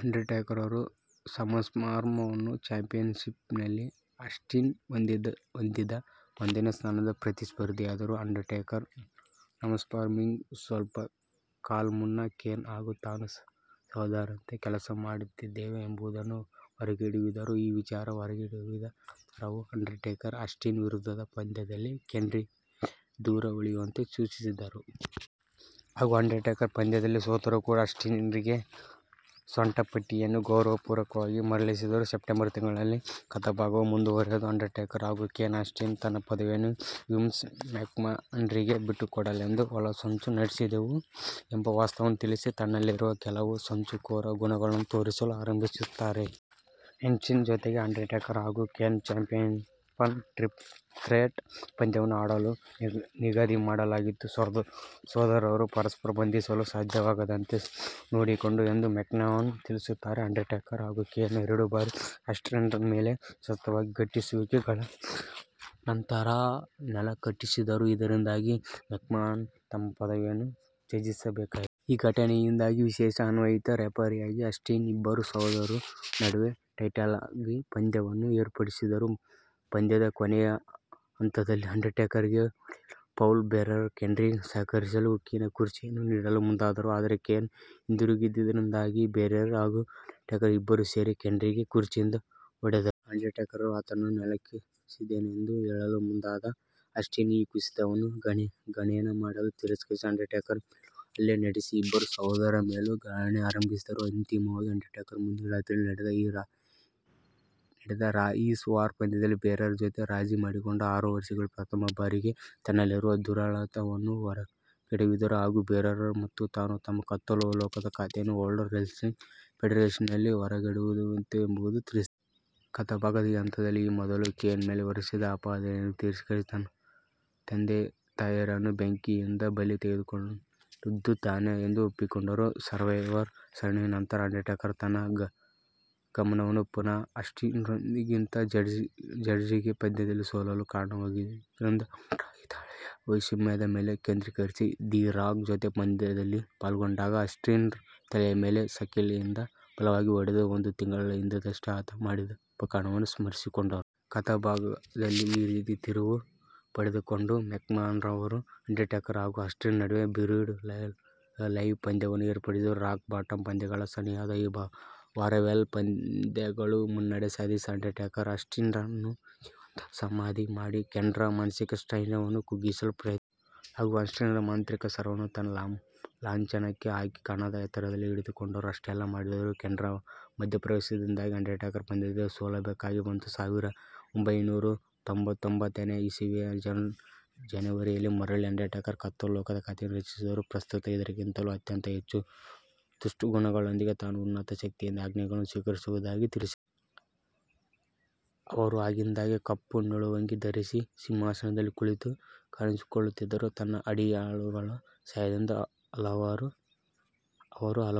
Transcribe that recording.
ಅಂಡರ್ಟೇಕರ್ರು ಸಮ್ಮರ್ಸ್ಲ್ಯಾಮ್ನ ಚಾಂಪಿಯನ್ಷಿಪ್ನಲ್ಲಿ, Austin ಹೊಂದಿದ್ದ ಒಂದನೇ ಸ್ಥಾನದ ಪ್ರತಿಸ್ಪರ್ಧಿಯಾದರು. ಅಂಡರ್ಟೇಕರ್ರು ಸಮ್ಮರ್ಸ್ಲ್ಯಾಮ್ಗಿಂತ ಸ್ವಲ್ಪ ಕಾಲ ಮುನ್ನ, ಕೇನ್ ಹಾಗೂ ತಾನು ಸಹೋದರರಂತೆ ಕೆಲಸ ಮಾಡಿದ್ದೇವೆ ಎಂಬುದನ್ನು ಹೊರಗೆಡವಿದರು. ಈ ವಿಚಾರ ಹೊರಗೆಡವಿದ ನಂತರವೂ, ಅಂಡರ್ಟೇಕರ್ ಆಸ್ಟಿನ್ ವಿರುದ್ಧದ ಪಂದ್ಯದಲ್ಲಿ ಕೇನ್ರಿಗೆ ದೂರ ಉಳಿಯುವಂತೆ ಸೂಚಿಸಿದರು. ಹಾಗೂ ಅಂಡರ್ಟೇಕರ್ ಪಂದ್ಯದಲ್ಲಿ ಸೋತರೂ ಕೂಡ ಆಸ್ಟಿನ್ರಿಗೆ ಸೊಂಟಪಟ್ಟಿಯನ್ನು ಗೌರವಪೂರ್ವಕವಾಗಿ ಮರಳಿಸಿದರು. ಸೆಪ್ಟೆಂಬರ್ ತಿಂಗಳಲ್ಲಿ, ಕಥಾಭಾಗವು ಮುಂದುವರೆದು, ಅಂಡರ್ಟೇಕರ್ ಹಾಗೂ ಕೇನ್, ಆಸ್ಟಿನ್ ತನ್ನ ಪದವಿಯನ್ನು ವಿನ್ಸ್ ಮೆಕ್ಮಹನ್ರಿಗೆ ಬಿಟ್ಟುಕೊಡಲೆಂದು, ಒಳಸಂಚು ನಡೆಸಿದೆವು ಎಂಬ ವಾಸ್ತವವನ್ನು ತಿಳಿಸಿ ತನ್ನಲ್ಲಿರುವ ಕೆಲವು ಸಂಚುಕೋರ ಗುಣಗಳನ್ನು ತೋರಿಸಲು ಆರಂಭಿಸುತ್ತಾರೆ. ಆಸ್ಟಿನ್ ಜೊತೆಗೆ ಅಂಡರ್ಟೇಕರ್ ಹಾಗೂ ಕೇನ್ ಚಾಂಪಿಯನ್ಷಿಪ್ನ ಟ್ರಿಪಲ್ ಥ್ರೆಟ್ ಪಂದ್ಯವನ್ನು ಆಡಲು ನಿಗದಿಮಾಡಲಾಗಿತ್ತು. ಸೋದರರು ಪರಸ್ಪರರನ್ನು ಬಂಧಿಸಲು ಸಾಧ್ಯವಾಗದಂತೆ ನೋಡಿಕೊಂಡರು ಎಂದು ಮೆಕ್ಮಹನ್ ತಿಳಿಸುತ್ತಾರೆ. ಅಂಡರ್ಟೇಕರ್ ಹಾಗೂ ಕೇನ್ ಎರಡು ಬಾರಿ ಆಸ್ಟಿನ್ರ ಮೇಲೆ ಸತತವಾದ ಘಟ್ಟಿಸುವಿಕೆ ಗಳ ನಂತರ ನೆಲಕಚ್ಚಿಸಿದರು, ಇದರಿಂದಾಗಿ ಮೆಕ್ಮಹನ್ ತಮ್ಮ ಪದವಿಯನ್ನು ತ್ಯಜಿಸಬೇಕಾಯಿತು. ಈ ಘಟನೆಯಿಂದಾಗಿ ವಿಶೇಷ ಆಹ್ವಾನಿತ ರೆಫರಿಯಾಗಿ ಆಸ್ಟಿನ್, ಇಬ್ಬರು ಸಹೋದರರ ನಡುವೆ ಟೈಟಲ್ಗಾಗಿ ಪಂದ್ಯವನ್ನು ಏರ್ಪಡಿಸಿದರು. ಪಂದ್ಯದ ಕೊನೆಯ ಹಂತದಲ್ಲಿ, ಅಂಡರ್ಟೇಕರ್ಗೆ ಹೊಡೆಯಲು ಪೌಲ್ ಬೇರರ್ ಕೇನ್ರಿಗೆ ಸಹಕರಿಸಲು ಉಕ್ಕಿನ ಕುರ್ಚಿಯನ್ನು ನೀಡಲು ಮುಂದಾದರು. ಆದರೆ ಕೇನ್ ಹಿಂದಿರುಗಿದ್ದರಿಂದಾಗಿ, ಬೇರರ್ ಹಾಗೂ ಅಂಡರ್ಟೇಕರ್ ಇಬ್ಬರೂ ಸೇರಿ ಕೇನ್ರಿಗೆ ಕುರ್ಚಿಯಿಂದ ಹೊಡೆದರು. ಅಂಡರ್ಟೇಕರ್ ಆತನನ್ನು ನೆಲಕಚ್ಚಿಸಿದೆನೆಂದು ಹೇಳಲು ಮುಂದಾದಾಗ, ಆಸ್ಟಿನ್ ಈ ಕುಸಿತವನ್ನು ಗಣನೆಮಾಡಲು ತಿರಸ್ಕರಿಸಿ ಅಂಡರ್ಟೇಕರ್ ಮೇಲೂ ಹಲ್ಲೆ ನಡೆಸಿ ಇಬ್ಬರು ಸಹೋದರರ ಮೇಲೂ ಗಣನೆ ಆರಂಭಿಸಿದರು. ಅಂತಿಮವಾಗಿ, ಅಂಡರ್ಟೇಕರ್ ಮುಂದಿನ ರಾತ್ರಿಯಲ್ಲಿ ನಡೆದ ರಾ ಈಸ್ ವಾರ್ ಪಂದ್ಯದಲ್ಲಿ ಬೇರರ್ ಜೊತೆ ರಾಜಿ ಮಾಡಿಕೊಂಡ ಆರು ವರ್ಷಗಳಲ್ಲಿ ಪ್ರಥಮ ಬಾರಿಗೆ ತನ್ನಲ್ಲಿರುವ ದುರುಳತನವನ್ನು ಹೊರಗೆಡವಿದರು, ಹಾಗೂ ಬೇರರ್ ಮತ್ತು ತಾನು ತಮ್ಮ ಕತ್ತಲ ಲೋಕದ ಖಾತೆಯನ್ನು ವರ್ಲ್ಡ್ ರೆಸ್ಲಿಂಗ್ ಫೆಡರೇಶನ್ನಿನಲ್ಲಿ ಹೊರಗೆಡವುತ್ತೇವೆ ಎಂಬುದನ್ನು ತಿಳಿಸಿದರು. ಕಥಾಭಾಗದ ಈ ಹಂತದಲ್ಲಿ, ಈ ಮೊದಲು ಕೇನ್ ಮೇಲೆ ಹೊರಿಸಿದ ಆಪಾದನೆಯನ್ನು ತಿರಸ್ಕರಿಸಿ, ತನ್ನ ತಂದೆತಾಯಿಯರನ್ನು ಬೆಂಕಿಯಿಂದ ಬಲಿ ತೆಗೆದುಕೊಂಡದ್ದು ತಾನೆ ಎಂದು ಒಪ್ಪಿಕೊಂಡರು. ಸರ್ವೈವರ್ ಸರಣಿಯ ನಂತರ, ಅಂಡರ್ಟೇಕರ್ ತನ್ನ ಗಮನವನ್ನು ಪುನಃ ಆಸ್ಟಿನ್ರೊಂದಿಗಿದ್ದ ಜಡ್ಜ್ಮೆಂಟ್ ಡೇ ಪಂದ್ಯದಲ್ಲಿ ಸೋಲಲು ಕಾರಣವಾಗಿದ್ದರಿಂದ ಉಂಟಾಗಿದ್ದ ಹಳೆಯ ವೈಷಮ್ಯದ ಮೇಲೆ ಕೇಂದ್ರೀಕರಿಸಿ, ದಿ ರಾಕ್ ಜೊತೆ ಪಂದ್ಯದಲ್ಲಿ ಪಾಲ್ಗೊಂಡಾಗ ಆಸ್ಟಿನ್ರ ತಲೆಯ ಮೇಲೆ ಸಲಿಕೆಯಿಂದ ಬಲವಾಗಿ ಹೊಡೆದು ಒಂದು ತಿಂಗಳ ಹಿಂದಷ್ಟೇ ಆತ ಮಾಡಿದ ಉಪಕಾರವನ್ನು ಸ್ಮರಿಸಿಕೊಂಡರು. ಕಥಾಭಾಗದಲ್ಲಿ ಈ ರೀತಿಯ ತಿರುವು ಪಡೆದುಕೊಂಡು, ಮೆಕ್ಮಹನ್ರವರು ಅಂಡರ್ಟೇಕರ್ ಹಾಗೂ ಆಸ್ಟಿನ್ ನಡುವೆ ಬ್ಯುರೀಡ್ ಅಲೈವ್ ಪಂದ್ಯವನ್ನು ಏರ್ಪಡಿಸಿದರು. ರಾಕ್ ಬಾಟಮ್ ಪಂದ್ಯಗಳ ಸನಿಹದ ಆ ವಾರವೆಲ್ಲಾ ಪಂದ್ಯದಲ್ಲಿ ಮುನ್ನಡೆ ಸಾಧಿಸಿ, ಅಂಡರ್ಟೇಕರ್ ಆಸ್ಟಿನ್ರನ್ನು ಜೀವಂತ ಸಮಾಧಿ ಮಾಡಿ, ಕೇನ್ರ ಮಾನಸಿಕ ಸ್ಥೈರ್ಯವನ್ನು ಕುಗ್ಗಿಸಲು ಪ್ರಯತ್ನಿಸಿದರು. ಹಾಗೂ ಆಸ್ಟಿನ್ರ ಮಾಂತ್ರಿಕ ಸರವನ್ನು ತನ್ನ ಲಾಂಛನಕ್ಕೆ ಹಾಕಿ ಕಣದ ಎತ್ತರದಲ್ಲಿ ಹಿಡಿದುಕೊಂಡರು. ಅಷ್ಟೆಲ್ಲಾ ಮಾಡಿದರೂ ಕೇನ್ರ ಮಧ್ಯಪ್ರವೇಶದಿಂದಾಗಿ ಅಂಡರ್ಟೇಕರ್ ಪಂದ್ಯದಲ್ಲಿ ಸೋಲಬೇಕಾಗಿ ಬಂತು. ಸಾವಿರದ ಒಂಭೈನೂರ ತೊಂಭತ್ತೊಂಭತ್ತನೇ ಇಸವಿಯ ಜನವರಿಯಲ್ಲಿ ಮರಳಿದ ಅಂಡರ್ಟೇಕರ್, ಕತ್ತಲ ಲೋಕದ ಖಾತೆಯನ್ನು ರಚಿಸಿದರು. ಪ್ರಸ್ತುತ ಇದ್ದುದಕ್ಕಿಂತಲೂ ಅತ್ಯಂತ ಹೆಚ್ಚು ದುಷ್ಟಗುಣಗಳೊಂದಿಗೆ ತಾನು "ಉನ್ನತ ಶಕ್ತಿ"ಯಿಂದ ಆಜ್ಞೆಗಳನ್ನು ಸ್ವೀಕರಿಸುತ್ತಿರುವುದಾಗಿ ತಿಳಿಸಿದರು. ಅವರು ಆಗಿಂದಾಗೆ ಕಪ್ಪು ನಿಲುವಂಗಿ ಧರಿಸಿ ಸಿಂಹಾಸನದಲ್ಲಿ ಕುಳಿತು ಕಾಣಿಸಿಕೊಳ್ಳುತ್ತಿದ್ದರು. ತನ್ನ ಅಡಿಯಾಳುಗಳ ಸಹಾಯದಿಂದ ಅವರು ಹಲವು